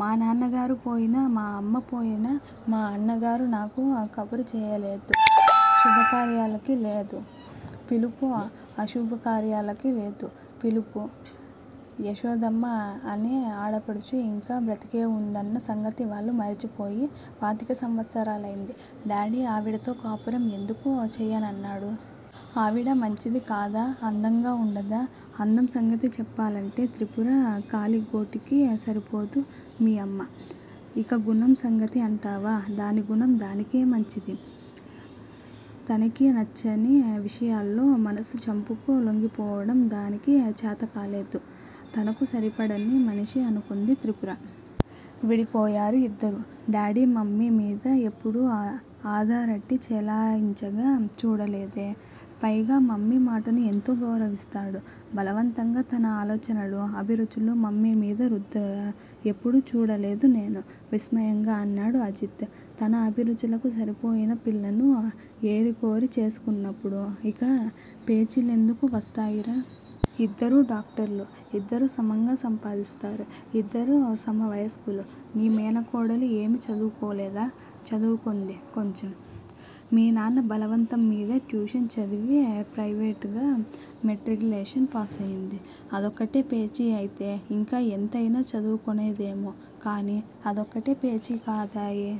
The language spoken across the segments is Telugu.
మా నాన్నగారు పోయినా, మా అమ్మ పోయినా మా అన్నగారు నాకు కబురు చేయలేదు. శుభకార్యాలకి లేదు పిలుపు ఆశుభాకార్యాలకి లేదు పిలుపు యశోదమ్మ అనే ఆడపడుచు ఇంకా బ్రతికే ఉందన్న సంగతి వాళ్ళు మరిచిపోయి పాతిక సంవత్సరాలైంది! డాడి ఆవిడతో కాపురం ఎందుకు చేయ్యలన్నాడు? ఆవిడ మంచిది కాదా అందంగా ఉండదా? అందం సంగతి చెప్పాలంటే త్రిపుర కాలిగోటికి సరిపోదు మీ అమ్మ! ఇక గుణం సంగతి అంటావా, దాని గుణం దానికి మంచిదే! తనకి నచ్చని విషయాల్లో మనసు చంపుకు లొంగిపోవడం దానికి చాతకాలేదు. తనకు సరిపడని మనిషిఅనుకొంది త్రిపుర. విడిపోయారు ఇద్దరు! డాడి మమ్మి మీద ఎప్పడూ అధారటి చేలాయించగా చూడలేదే! పైగా మమ్మి మాటను ఎంతో గౌరవిస్తాడు. బలవంతగా తన ఆలోచనలు, అభిరుచులు మమ్మి మీద రుద్దగా ఎప్పుడూ చూడలేదు నేను! విస్మయంగా అన్నాడు అజిత్. తన అభిరుచులకు సరిపోయిన పిల్లను ఏరికోరిచేసుకొన్నప్పుడు ఇక పేచిలేందుకు వస్తాయిరా? ఇద్దరూ డాక్టర్లు. ఇద్దరూ సమంగా సంపాదిస్తారు. ఇద్దరూ సమవయస్కులు! నీ మేనకోడలు ఏవి చదువుకోలేదా? చదువుకొంది కొంచెం. మీ నాన్న బలవంతం మిదే ట్యూషన్ చదివి ప్త్రేవేట్ గా మెట్రిక్ లేషన్ పాసయింది. అదొక్కటే పేచి అయితే ఇంకా ఎంత యినా చదువుకోనేదేమో, కానీ, అదొక్కటే పేచి కాదాయె!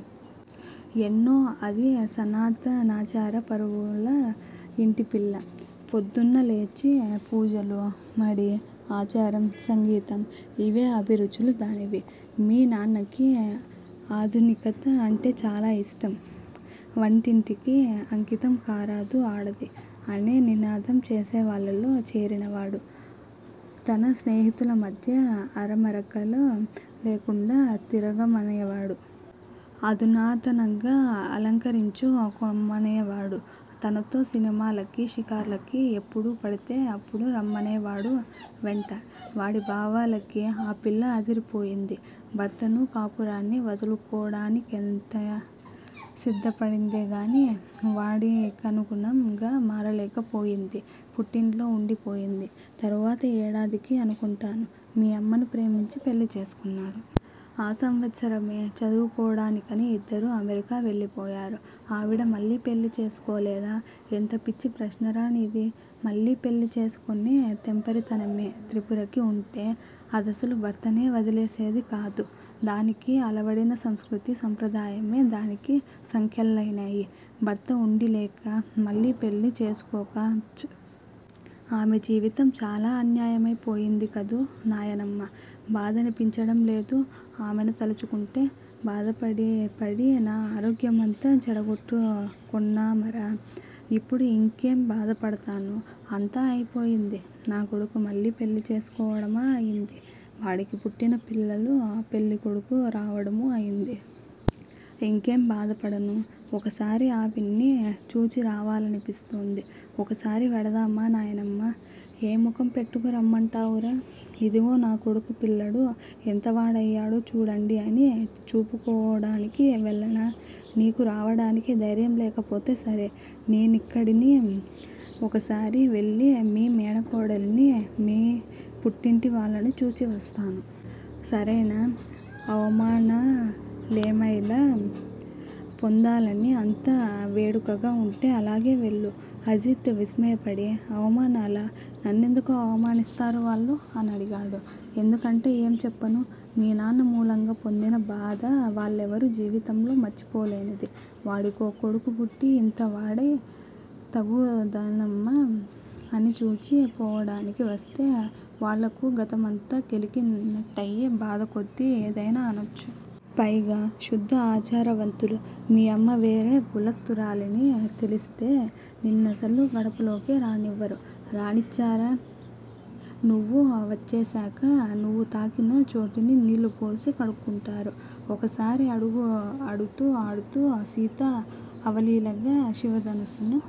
ఎన్నో! అది సనాతనాచారా పరుల ఇంటిపిల్ల! ప్రోద్దున్నలేచి పూజలు, మడి, ఆచారం, సంగీతం. ఇవే అభిరుచులు దానివి! మీ నాన్నకి ఆధునికత అంటే చాలా ఇష్టం! వంటింటికి అంకితం కారాదు ఆడది' అనే నినాదం చేసేవాళ్ళలో చేరినవాడు! తన స్నేహితుల మధ్య అరమరకలు లేకుండా తిరగమనేవాడు! ఆధునాతనంగా అలంకరించుకొమ్మనేవాడు? తనతో సినిమా లకి షికార్లకి ఎప్పుడు పడితే అప్పుడు రమ్మ నేవాడు వెంట! వాడిభావాలకి ఆ పిల్ల అదిరిపోయింది! భర్తనూ కాపురాన్ని వదులుకోడానిక్తే సిద్ధపడిందేగాని వాడికనుగుణం గా మారలేకపోయింది! పుట్టింట్లో ఉండి పోయింది! తరువాత ఏడాదికి అనుకొంటాను, మీ అమ్మను ప్రేమించి పెళ్ళి చేసుకున్నాడు! ఆ సంవత్సరమే చదువు కోడానికని ఇద్దరూ అమెరికా వెళ్ళి పోయారు! ఆవిడ మళ్ళి పెళ్ళి చేసుకోలేదా? ఎంత పిచ్చి ప్రశ్నరా నిది! మళ్ళి పెళ్ళి చేసుకొనే తెంపరితనమే త్రిపురకి ఉంటే, అదసలు భర్తనే వదిలేసేది కాదు! దానికి అలవడిన సంస్కృతి సంప్రదాయమే దానికి సంకెళ్ళయినాయి! భర్త ఉండిలేక, మళ్ళి పెళ్ళి చేసుకోక-ప్చ్! ఆమె జీవితం చాలా అన్యాయమ్తె పోయింది కదూ, నాయనమ్మ? బాధనిపించడం లేదూ, ఆమెను తలుచుకుంటే? బాధ పడిపడి నా ఆరోగ్యమంతా చేడగోట్టుకోన్నామరా! ఇప్పుడు ఇంకేం బాధ పడతాను? అంతా అయిపోయింది. నా కొడుకు మళ్ళి పెళ్ళి చేసుకోవడమా అయింది! వాడికి పుట్టిన పిల్లలు పెళ్ళీడుకు రావడమూ అయింది! ఇంకేం బాధపడను? ఒకసారి ఆవిణ్ణి చూచిరావాలనిపిస్తూంది! ఒకసారి వెడదామా, నాయనమ్మ? ఏ ముఖం పెట్టుకు రమ్మంటావురా? 'ఇదిగో నాకొడుకు పిల్లడు ఎంతవాడయ్యడో చూడండి అని చూపుకోడానికి వెళ్ళనా? నీకు రావడానికి దైర్యం లేకపోతే సరే! నేనిక్కడిని ఒకసారి వెళ్ళి నీ మేనకోడలిని, నీ పుట్టింటి వాళ్ళనూ చూచి వస్తాను. సరేనా? అవమానాలేమైలా పొందాలని అంత వేడుకగా ఉంటే అలాగే వెళ్ళు! అజిత్ విస్మయపడి, అవమానాలా? నన్నెందుకు అవమానిస్తారు వాళ్ళు? అనడిగాడు. ఎందుకంటే ఏం చెప్పను? మీ నాన్న మూలంగా పొందిన బాధ వాళ్ళెవరూ జీవితంలో మరిచిపోలేనిది! వాడికో కొడుకు పుట్టి, ఇంత వాడై తగుదునమ్మ అని చూచి పోవడానికి వస్తే వాళ్ళకు గతమంతా కెలికి నట్టయ్యి బాధకోద్ది ఎదైనా అనొచ్చు! పైగా శుద్ధ ఆచారవంతులు! మీ అమ్మ వేరే కుల స్తురాలని తెలిస్తే నిన్నసలు గడపలోకే రానివ్వరు! రాణిచ్చారా, నువ్వు వచ్చేశాక నువ్వు తాకిన చోటుని నీళ్ళుపోసి కడుక్కుంటారు! ఒకసారి ఆడుతూ ఆడుతూ ఆ సీత అవలీలగా శివధనస్సును